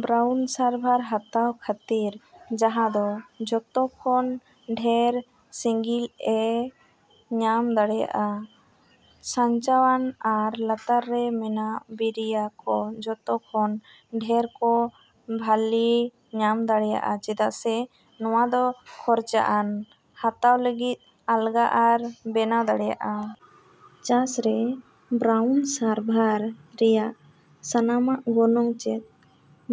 Brown ᱥᱟᱨᱵᱷᱟᱨ ᱦᱟᱛᱟᱣ ᱠᱷᱟᱹᱛᱤᱨ ᱡᱟᱦᱟᱸᱭ ᱫᱚ ᱡᱚᱛᱚ ᱠᱷᱚᱱ ᱰᱷᱮᱨ ᱥᱤᱜᱤᱞ ᱮ ᱧᱟᱢ ᱫᱟᱲᱮᱭᱟᱜᱼᱟ? ᱥᱟᱧᱪᱟᱣᱼᱟᱱ ᱟᱨ ᱞᱟᱛᱟᱨ ᱨᱮ ᱢᱮᱱᱟᱜ ᱵᱤᱨᱤᱭᱟᱹ ᱠᱚ ᱡᱚᱛᱚ ᱠᱷᱚᱱ ᱰᱷᱮᱨ ᱠᱚ ᱵᱷᱟᱞᱮ ᱧᱟᱢ ᱫᱟᱲᱮᱭᱟᱜᱼᱟ ᱪᱮᱫᱟᱜ ᱥᱮ ᱱᱚᱶᱟ ᱫᱚ ᱠᱷᱚᱨᱪᱟᱼᱟᱱ, ᱦᱟᱛᱟᱣ ᱞᱟᱹᱜᱤᱫ ᱟᱞᱜᱟ ᱟᱨ ᱵᱮᱱᱟᱣ ᱫᱟᱲᱮᱹᱭᱟᱜᱼᱟ᱾ ᱪᱟᱥ ᱨᱮ ᱵᱨᱟᱣᱩᱱ ᱥᱟᱨᱵᱷᱟᱨ ᱨᱮᱭᱟᱜ ᱥᱟᱱᱟᱢᱟᱜ ᱜᱚᱱᱚᱝ ᱪᱮᱫ?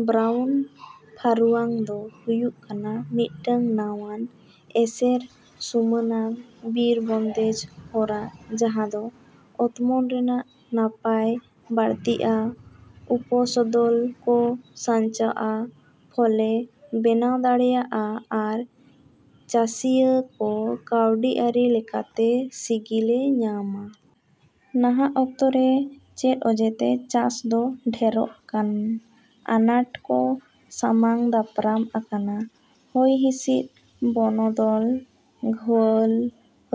ᱵᱨᱟᱣᱩᱱ ᱯᱷᱟᱨᱩᱭᱟᱝ ᱫᱚ ᱦᱩᱭᱩᱜ ᱠᱟᱱᱟ ᱢᱤᱫᱴᱟᱝ ᱱᱟᱶᱟᱱ, ᱮᱥᱮᱨᱼᱥᱩᱢᱟᱹᱱᱟᱱ ᱵᱤᱨ ᱵᱚᱱᱫᱮᱡ ᱦᱚᱨᱟ ᱡᱟᱦᱟᱸ ᱫᱚ ᱚᱛᱢᱚᱱ ᱨᱮᱭᱟᱜ ᱱᱟᱯᱟᱭ ᱵᱟᱹᱲᱛᱤᱜᱼᱟ, ᱩᱯᱚᱥᱚᱫᱚᱞ ᱠᱚ ᱥᱟᱧᱪᱟᱣᱼᱟ, ᱯᱷᱚᱞᱮ ᱵᱮᱱᱟᱣ ᱫᱟᱲᱮᱹᱭᱟᱜᱼᱟ ᱟᱨ ᱪᱟᱥᱤᱭᱟᱹ ᱠᱚ ᱠᱟᱹᱣᱰᱤ ᱟᱹᱨᱤ ᱞᱮᱠᱟᱛᱮ ᱥᱤᱜᱤᱞᱮ ᱧᱟᱢᱼᱟ᱾ ᱱᱟᱦᱟᱜ ᱚᱠᱛᱚ ᱨᱮ ᱪᱮᱫ ᱚᱡᱮᱛᱮ ᱪᱟᱥ ᱫᱚ ᱰᱷᱮᱨᱚᱜ ᱠᱟᱱ ᱟᱱᱟᱴ ᱠᱚ ᱥᱟᱢᱟᱝ ᱫᱟᱯᱨᱟᱢ ᱟᱠᱟᱱᱟ? ᱦᱚᱭ ᱦᱤᱥᱤᱫ ᱵᱚᱱᱚᱫᱚᱞ, ᱜᱷᱟᱹᱞ,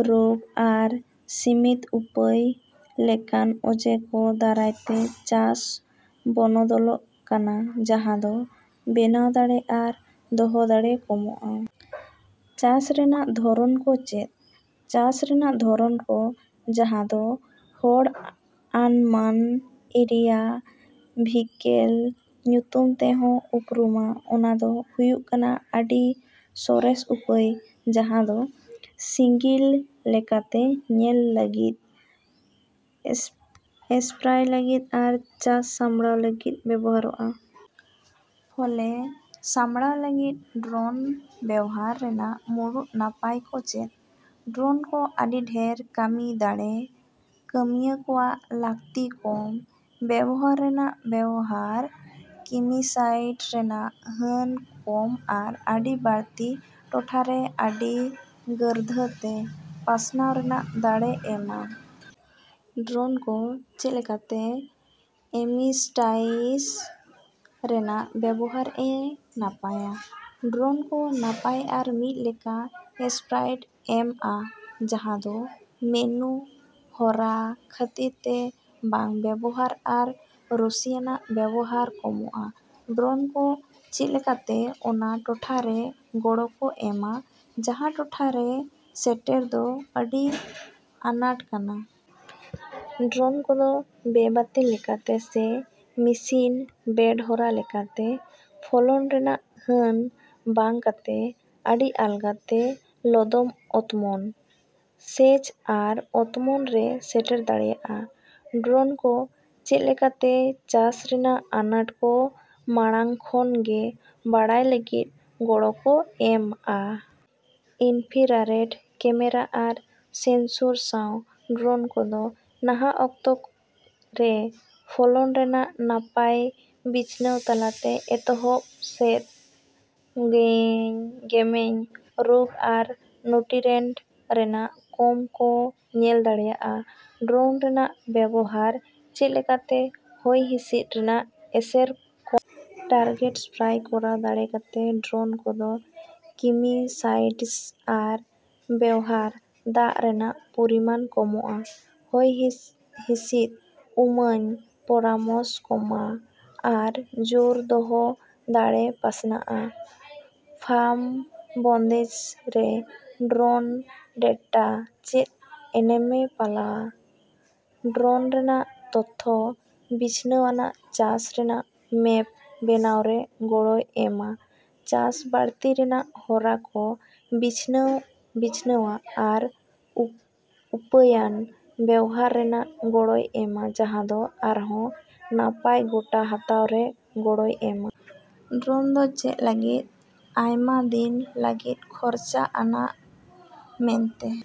ᱨᱳᱜᱽ ᱟᱨ ᱥᱤᱢᱤᱛ ᱩᱯᱟᱹᱭ ᱞᱮᱠᱟᱱ ᱚᱡᱮ ᱠᱚ ᱫᱟᱨᱟᱭ ᱛᱮ ᱪᱟᱥ ᱵᱚᱱᱚᱫᱚᱞᱚᱜ ᱠᱟᱱᱟ, ᱡᱟᱦᱟᱸ ᱫᱚ ᱵᱮᱱᱟᱣ ᱫᱟᱲᱮ ᱟᱨ ᱫᱚᱦᱚ ᱫᱟᱲᱮ ᱠᱚᱢᱼᱟ᱾ ᱪᱟᱥ ᱨᱮᱭᱟᱜ ᱫᱷᱚᱨᱚᱱ ᱠᱚ ᱪᱮᱫ? ᱪᱟᱥ ᱨᱮᱭᱟᱜ ᱫᱷᱚᱨᱚᱱ ᱠᱚ, ᱡᱟᱦᱟᱸ ᱫᱚ ᱦᱚᱲ ᱟᱱᱢᱟᱱ ᱮᱨᱤᱭᱟᱞ ᱵᱷᱤᱠᱮᱞ ᱧᱩᱛᱩᱢ ᱛᱮ ᱦᱚᱸ ᱩᱯᱨᱩᱢᱟ, ᱚᱱᱟ ᱫᱚ ᱦᱩᱭᱩᱜ ᱠᱟᱱᱟ ᱟᱹᱰᱤ ᱥᱚᱨᱮᱥ ᱩᱯᱟᱹᱭ ᱡᱟᱦᱟᱸ ᱫᱚ ᱥᱤᱜᱤᱞ ᱞᱮᱠᱟᱛᱮ ᱧᱮᱞ ᱞᱟᱹᱜᱤᱫ, ᱮᱥᱯᱨᱟᱭ ᱞᱟᱹᱜᱤᱫ ᱟᱨ ᱪᱟᱥ ᱥᱟᱢᱲᱟᱣ ᱞᱟᱹᱜᱤᱫ ᱵᱮᱣᱦᱟᱨᱚᱜᱼᱟ᱾ ᱯᱷᱚᱞᱮ ᱥᱟᱢᱲᱟᱣ ᱞᱟᱹᱜᱤᱫ ᱰᱨᱚᱱ ᱵᱮᱣᱦᱟᱨ ᱨᱮᱭᱟᱜ ᱢᱩᱲᱩᱫ ᱱᱟᱯᱟᱭ ᱠᱚ ᱪᱮᱫ? ᱰᱨᱚᱱ ᱠᱚ ᱟᱹᱰᱤ ᱰᱷᱮᱨ ᱠᱟᱹᱢᱤ ᱫᱟᱲᱮ, ᱠᱟᱹᱢᱤᱭᱟᱹ ᱠᱚᱣᱟᱜ ᱞᱟᱹᱠᱛᱤ ᱠᱚᱢ, ᱵᱮᱶᱦᱟᱨ ᱨᱮᱭᱟᱜ ᱵᱮᱶᱦᱟᱨ, ᱠᱤᱢᱤᱥᱟᱭᱰ ᱨᱮᱭᱟᱜ ᱦᱟᱹᱱ ᱠᱚᱢ ᱟᱨ ᱟᱹᱰᱤ ᱵᱟᱹᱲᱛᱤ ᱴᱚᱴᱷᱟ ᱨᱮ ᱟᱹᱰᱤ ᱜᱟᱹᱨᱫᱷᱟᱹᱛᱮ ᱯᱟᱥᱱᱟᱣ ᱨᱮᱭᱟᱜ ᱫᱟᱲᱮᱭ ᱮᱢᱼᱟ᱾ ᱰᱨᱚᱱ ᱠᱚ ᱪᱮᱫ ᱞᱮᱠᱟᱛᱮ ᱮᱢᱤᱥᱴᱟᱭᱰᱤᱥ ᱨᱮᱭᱟᱜ ᱵᱮᱣᱦᱟᱨ ᱮ ᱱᱟᱯᱟᱭᱼᱟ? ᱰᱨᱚᱱ ᱠᱚ ᱱᱟᱯᱟᱭ ᱟᱨ ᱢᱤᱫ ᱞᱮᱠᱟᱱ ᱮᱥᱯᱨᱮᱭ ᱮᱢᱼᱟ, ᱡᱟᱦᱟᱸ ᱫᱚ ᱢᱮᱱᱩᱞ ᱦᱚᱨᱟ ᱠᱷᱟᱹᱛᱤᱨ ᱛᱮ ᱵᱟᱝ ᱵᱮᱣᱦᱟᱨ ᱟᱨ ᱨᱚᱥᱤᱭᱟᱱᱟᱜ ᱵᱮᱶᱦᱟᱨ ᱠᱚᱢᱼᱟ᱾ ᱰᱨᱚᱱ ᱠᱚ ᱪᱮᱫ ᱞᱮᱠᱟᱛᱮ ᱚᱱᱟ ᱴᱚᱴᱷᱟ ᱨᱮ ᱜᱚᱲᱚ ᱠᱚ ᱮᱢᱼᱟ ᱡᱟᱦᱟᱸ ᱴᱚᱴᱷᱟ ᱨᱮ ᱥᱮᱴᱮᱨ ᱫᱚ ᱟᱹᱰᱤ ᱟᱱᱟᱴ ᱠᱟᱱᱟ᱾ ᱰᱨᱚᱱ ᱠᱚᱫᱚ ᱵᱮᱼᱵᱟᱹᱛᱤᱞ ᱞᱮᱠᱟᱛᱮ ᱥᱮ ᱢᱮᱥᱤᱱᱼᱵᱮᱹᱰ ᱦᱚᱨᱟ ᱞᱮᱠᱟᱛᱮ, ᱯᱷᱚᱞᱚᱱ ᱨᱮᱭᱟᱜ ᱦᱟᱹᱱ ᱵᱟᱝ ᱠᱟᱛᱮ ᱟᱹᱰᱤ ᱟᱞᱜᱟᱛᱮ ᱞᱚᱫᱟᱢ ᱚᱛᱢᱚᱱ, ᱥᱮᱪ ᱟᱨ ᱚᱛᱢᱚᱱ ᱨᱮ ᱥᱮᱴᱮᱨ ᱫᱟᱲᱮᱹᱭᱟᱜᱼᱟ᱾ ᱰᱨᱚᱱ ᱠᱚ ᱪᱮᱫ ᱞᱮᱠᱟᱛᱮ ᱪᱟᱥ ᱨᱮᱭᱟᱜ ᱟᱱᱟᱴ ᱠᱚ ᱢᱟᱲᱟᱝ ᱠᱷᱚᱱ ᱜᱮ ᱵᱟᱰᱟᱭ ᱞᱟᱹᱜᱤᱫ ᱜᱚᱲᱚ ᱠᱚ ᱮᱢᱼᱟ? ᱤᱱᱯᱷᱨᱟᱨᱮᱰ ᱠᱮᱢᱮᱨᱟ ᱟᱨ ᱥᱮᱱᱥᱳᱨ ᱥᱟᱶ ᱰᱨᱚᱱ ᱠᱚᱫᱚ ᱱᱟᱦᱟᱜ ᱚᱠᱛᱚ ᱨᱮ ᱯᱷᱚᱞᱚᱱ ᱨᱮᱭᱟᱜ ᱱᱟᱯᱟᱭ ᱵᱤᱪᱷᱱᱟᱶ ᱛᱟᱞᱟᱛᱮ ᱮᱛᱚᱦᱚᱵ ᱥᱮᱫ ᱜᱮᱢᱮᱧ, ᱨᱳᱜᱽ ᱟᱨ ᱱᱩᱴᱤᱨᱮᱱᱴ ᱨᱮᱭᱟᱜ ᱠᱚᱢ ᱠᱚ ᱧᱮᱞ ᱫᱟᱲᱮᱹᱭᱟᱜᱼᱟ᱾ ᱰᱨᱚᱱ ᱨᱮᱭᱟᱜ ᱵᱮᱣᱦᱟᱨ ᱪᱮᱫ ᱞᱮᱠᱟᱛᱮ ᱦᱚᱭ ᱦᱤᱥᱤᱫ ᱨᱮᱭᱟᱜ ᱮᱥᱮᱨ ᱠᱚᱢᱼᱟ? ᱴᱟᱨᱜᱮᱴ ᱥᱯᱨᱟᱭ ᱠᱚᱨᱟᱣ ᱫᱟᱲᱮ ᱠᱟᱛᱮ, ᱰᱨᱚᱱ ᱠᱚᱫᱚ ᱠᱤᱢᱤᱥᱟᱭᱰᱤᱥ ᱟᱨ ᱵᱮᱣᱦᱟᱨ ᱫᱟᱜ ᱨᱮᱭᱟᱜ ᱯᱚᱨᱤᱢᱟᱱ ᱠᱚᱢᱼᱟ, ᱦᱚᱭ ᱦᱤᱥᱤᱫ ᱩᱢᱟᱹᱧ ᱯᱚᱨᱟᱢᱚᱥ ᱠᱚᱢᱼᱟ ᱟᱨ ᱡᱳᱨ ᱫᱚᱦᱚ ᱫᱟᱲᱮᱭ ᱯᱟᱥᱱᱟᱣᱼᱟ᱾ ᱯᱷᱟᱢ ᱵᱚᱱᱫᱮᱡ ᱨᱮ ᱰᱨᱚᱱ ᱰᱮᱴᱟ ᱪᱮᱫ ᱮᱱᱮᱢᱮ ᱯᱟᱞᱟᱣᱼᱟ? ᱰᱨᱚᱱ ᱨᱮᱭᱟᱜ ᱛᱚᱛᱛᱟ ᱵᱤᱪᱷᱱᱟᱣᱟᱱᱟᱜ ᱪᱟᱥ ᱨᱮᱭᱟᱜ ᱢᱮᱯ ᱵᱮᱱᱟᱣ ᱨᱮ ᱜᱚᱲᱚ ᱮᱢᱼᱟ, ᱪᱟᱥ ᱵᱟᱹᱲᱛᱤ ᱨᱮᱭᱟᱜ ᱦᱚᱨᱟ ᱠᱚ ᱵᱤᱪᱷᱱᱟᱣᱟ ᱟᱨ ᱩᱯᱟᱹᱭᱟᱱ ᱵᱮᱣᱦᱟᱨ ᱨᱮ ᱜᱚᱲᱚ ᱮᱢᱼᱟ, ᱡᱟᱦᱟᱸ ᱫᱚ ᱟᱨᱦᱚᱸ ᱱᱟᱯᱟᱭ ᱜᱚᱴᱟ ᱦᱟᱛᱟᱣ ᱨᱮ ᱜᱚᱲᱚ ᱮᱢᱼᱟ᱾ ᱰᱨᱚᱱ ᱫᱚ ᱪᱮᱫ ᱞᱟᱹᱜᱤᱫ ᱟᱭᱢᱟ ᱫᱤᱱ ᱞᱟᱹᱜᱤᱫ ᱠᱷᱚᱨᱪᱟ ᱟᱱᱟᱜ ᱢᱮᱱᱛᱮ